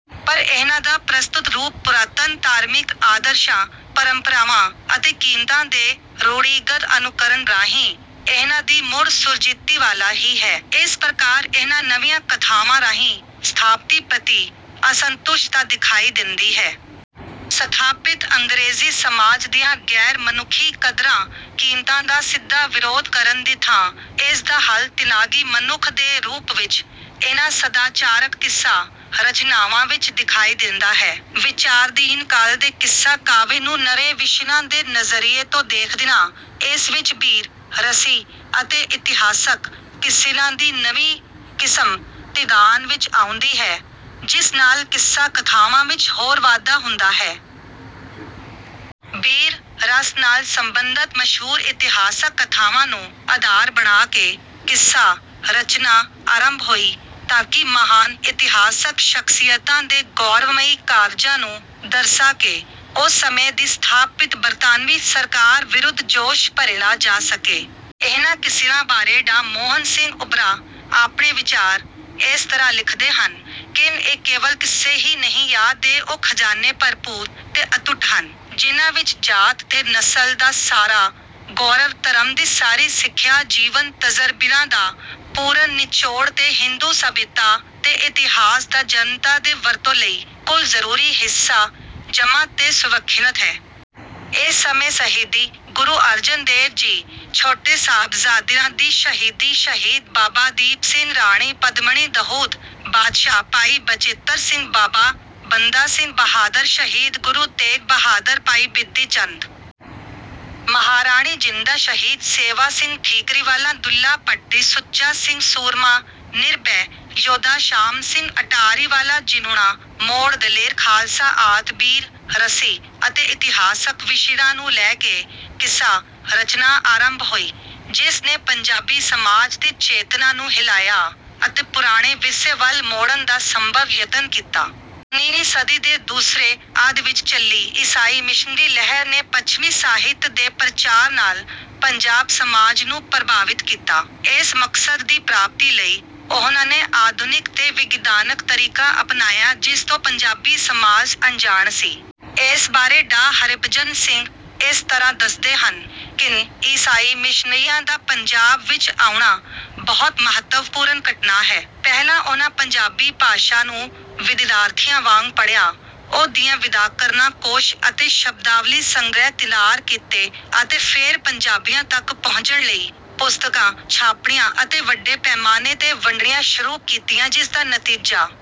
ਪਰ ਇਨ੍ਹਾਂ ਦਾ ਪ੍ਰਸਤੁਤ ਰੂਪ ਪੁਰਾਤਨ ਧਾਰਮਿਕ ਆਦਰਸ਼ਾਂ ਪਰੰਪਰਾਵਾਂ ਅਤੇ ਕੀਮਤਾਂ ਦੇ ਰੂੜ੍ਹੀਗਤ ਅਨੁਕਰਣ ਰਾਹੀਂ ਇਨ੍ਹਾਂ ਦੀ ਮੁੜ ਸੁਰਜੀਤੀ ਵਾਲਾ ਹੀ ਹੈ। ਇਸ ਪ੍ਰਕਾਰ ਇਨ੍ਹਾਂ ਨਵੀਆਂ ਕਥਾਵਾਂ ਰਾਹੀਂ ਸਥਾਪਤੀ ਪ੍ਰਤੀ ਅਸੰਤੁਸ਼ਟਤਾ ਦਿਖਾਈ ਦਿੰਦੀ ਹੈ। ਸਥਾਪਿਤ ਅੰਗਰੇਜ਼ੀ ਸਮਾਜ ਦੀਆਂ ਗੈਰ ਮਨੁੱਖੀ ਕਦਰਾਂ ਕੀਮਤਾਂ ਦਾ ਸਿੱਧਾ ਵਿਰੋਧ ਕਰਨ ਦੀ ਥਾਂ ਇਸ ਦਾ ਹੱਲ ਤਿਆਗੀ ਮਨੁੱਖ ਦੇ ਰੂਪ ਵਿੱਚ ਇਨ੍ਹਾਂ ਸਦਾਚਾਰਕ ਕਿੱਸਾ ਰਚਨਾਵਾਂ ਵਿੱਚ ਦਿਖਾਈ ਦਿੰਦਾ ਹੈ। ਵਿਚਾਰਧੀਨ ਕਾਲ ਦੇ ਕਿੱਸਾ ਕਾਵਿ ਨੂੰ ਨਵੇਂ ਵਿਸ਼ਿਆਂ ਦੇ ਨਜ਼ਰੀਏ ਤੋਂ ਦੇਖਦਿਆਂ ਇਸ ਵਿੱਚ ਬੀਰ ਰਸੀ ਅਤੇ ਇਤਿਹਾਸਕ ਕਿੱਸਿਆਂ ਦੀ ਨਵੀਂ ਕਿਸਮ ਧਿਆਨ ਵਿੱਚ ਆਉਂਦੀ ਹੈ ਜਿਸ ਨਾਲ ਕਿੱਸਾ ਕਥਾਵਾਂ ਵਿੱਚ ਹੋਰ ਵਾਧਾ ਹੁੰਦਾ ਹੈ। ਬੀਰ ਰਸ ਨਾਲ ਸੰਬੰਧਤ ਮਸ਼ਹੂਰ ਇਤਿਹਾਸਕ ਕਥਾਵਾਂ ਨੂੰ ਅਧਾਰ ਬਣਾ ਕੇ ਕਿੱਸਾ ਰਚਨਾ ਆਰੰਭ ਹੋਈ ਤਾਂ ਕਿ ਮਹਾਨ ਇਤਿਹਾਸਕ ਸ਼ਖਸੀਅਤਾਂ ਦੇ ਗੌਰਵਮਈ ਕਾਰਜਾਂ ਨੂੰ ਦਰਸਾ ਕੇ ਉਸ ਸਮੇਂ ਦੀ ਸਥਾਪਿਤ ਬਰਤਾਨਵੀਂ ਸਰਕਾਰ ਵਿਰੁੱਧ ਜੋਸ਼ ਭਰਿਆ ਜਾ ਸਕੇ। ਇਨ੍ਹਾਂ ਕਿੱਸਿਆਂ ਬਾਰੇ ਡਾ ਮੋਹਨ ਸਿੰਘ ਉਬਰਾ ਆਪਣੇ ਵਿਚਾਰ ਇਸ ਤਰ੍ਹਾਂ ਲਿਖਦੇ ਹਨ ਕਿ ਇਹ ਕੇਵਲ ਕਿੱਸੇ ਹੀ ਨਹੀਂ ਯਾਦ ਦੇ ਉਹ ਖਜਾਨੇ ਭਰਪੂਰ ਤੇ ਅਤੁੱਟ ਹਨ। ਜਿਹਨਾਂ ਵਿੱਚ ਜਾਤ ਤੇ ਨਸਲ ਦਾ ਸਾਰਾ ਗੌਰਵ ਧਰਮ ਦੀ ਸਾਰੀ ਸਿੱਖਿਆ ਜੀਵਨ ਤਜ਼ਰਬਿਆਂ ਦਾ ਪੂਰਨ ਨਿਚੋੜ ਤੇ ਹਿੰਦੂ ਸਭਿਅਤਾ ਤੇ ਇਤਿਹਾਸ ਦਾ ਜਨਤਾ ਦੇ ਵਰਤੋਂ ਲਈ ਕੁਲ ਜ਼ਰੂਰੀ ਹਿੱਸਾ ਜਮ੍ਹਾਂ ਤੇ ਸੁਰੱਖਿਅਤ ਹੈ। ਇਸ ਸਮੇਂ ਸਹੀਦੀ ਗੁਰੂ ਅਰਜਨ ਦੇਵ ਜੀ ਛੋਟੇ ਸਾਹਿਬਜ਼ਾਦਿਆਂ ਦੀ ਸ਼ਹੀਦੀ ਸ਼ਹੀਦ ਬਾਬਾ ਦੀਪ ਸਿੰਘ ਰਾਣੀ ਪਦਮਣੀ ਦਹੂਦ ਬਾਦਸ਼ਾਹ ਭਾਈ ਬਚਿੱਤਰ ਸਿੰਘ ਬਾਬਾ ਬੰਦਾ ਸਿੰਘ ਬਹਾਦਰ ਸ਼ਹੀਦ ਗੁਰੂ ਤੇਗ ਬਹਾਦਰ ਭਾਈ ਬਿਧੀ ਚੰਦ ਮਹਾਰਾਣੀ ਜਿੰਦਾਂ ਸ਼ਹੀਦ ਸੇਵਾ ਸਿੰਘ ਠੀਕਰੀਵਾਲਾਂ ਦੁੱਲਾ ਭੱਟੀ ਸੁੱਚਾ ਸਿੰਘ ਸੂਰਮਾ ਨਿਰਭੈ ਯੋਧਾ ਸ਼ਾਮ ਸਿੰਘ ਅਟਾਰੀਵਾਲਾ ਜਿਉਣਾ ਮੋੜ ਦਲੇਰ ਖਾਲਸਾ ਆਦਿ ਬੀਰ ਰਸੀ ਅਤੇ ਇਤਿਹਾਸਕ ਵਿਸ਼ਿਆਂ ਨੂੰ ਲੈ ਕੇ ਕਿੱਸਾ ਰਚਨਾ ਆਰੰਭ ਹੋਈ ਜਿਸ ਨੇ ਪੰਜਾਬੀ ਸਮਾਜ ਦੀ ਚੇਤਨਾ ਨੂੰ ਹਿਲਾਇਆ ਅਤੇ ਪੁਰਾਣੇ ਵਿਰਸੇ ਵੱਲ ਮੋੜਨ ਦਾ ਸੰਭਵ ਯਤਨ ਕੀਤਾ। ਉਨ੍ਹੀਵੀਂ ਸਦੀ ਦੇ ਦੂਸਰੇ ਅੱਧ ਵਿੱਚ ਚੱਲੀ ਈਸਾਈ ਮਿਸ਼ਨਰੀ ਲਹਿਰ ਨੇ ਪੱਛਮੀ ਸਾਹਿਤ ਦੇ ਪ੍ਰਚਾਰ ਨਾਲ ਪੰਜਾਬ ਸਮਾਜ ਨੂੰ ਪ੍ਰਭਾਵਿਤ ਕੀਤਾ। ਇਸ ਮਕਸਦ ਦੀ ਪ੍ਰਾਪਤੀ ਲਈ ਉਨ੍ਹਾਂ ਨੇ ਆਧੁਨਿਕ ਤੇ ਵਿਗਿਆਨਕ ਤਰੀਕਾ ਅਪਨਾਇਆ ਜਿਸ ਤੋਂ ਪੰਜਾਬੀ ਸਮਾਜ ਅਣਜਾਣ ਸੀ। ਇਸ ਬਾਰੇ ਡਾ ਹਰਿਭਜਨ ਸਿੰਘ ਇਸ ਤਰ੍ਹਾਂ ਦੱਸਦੇ ਹਨ ਕਿ ਈਸਾਈ ਮਿਸ਼ਨਰੀਆਂ ਦਾ ਪੰਜਾਬ ਵਿੱਚ ਆਉਣਾ ਬਹੁਤ ਮਹੱਤਵਪੂਰਨ ਘਟਨਾ ਹੈ। ਪਹਿਲਾਂ ਉਨ੍ਹਾਂ ਪੰਜਾਬੀ ਭਾਸ਼ਾ ਨੂੰ ਵਿਦਿਆਰਥੀਆਂ ਵਾਂਗ ਪੜ੍ਹਿਆ ਉਹ ਦੀਆਂ ਵਿਆਕਰਨਾਂ ਕੋਸ਼ ਅਤੇ ਸ਼ਬਦਾਵਲੀ ਸੰਗ੍ਰਹਿ ਤਿਆਰ ਕੀਤੇ ਅਤੇ ਫੇਰ ਪੰਜਾਬੀਆਂ ਤੱਕ ਪਹੁੰਚਣ ਲਈ ਪੁਸਤਕਾਂ ਛਾਪਣੀਆਂ ਅਤੇ ਵੱਡੇ ਪੈਮਾਨੇ ਤੇ ਵੰਡਣੀਆਂ ਸ਼ੁਰੂ ਕੀਤੀਆਂ। ਜਿਸ ਦਾ ਨਤੀਜਾ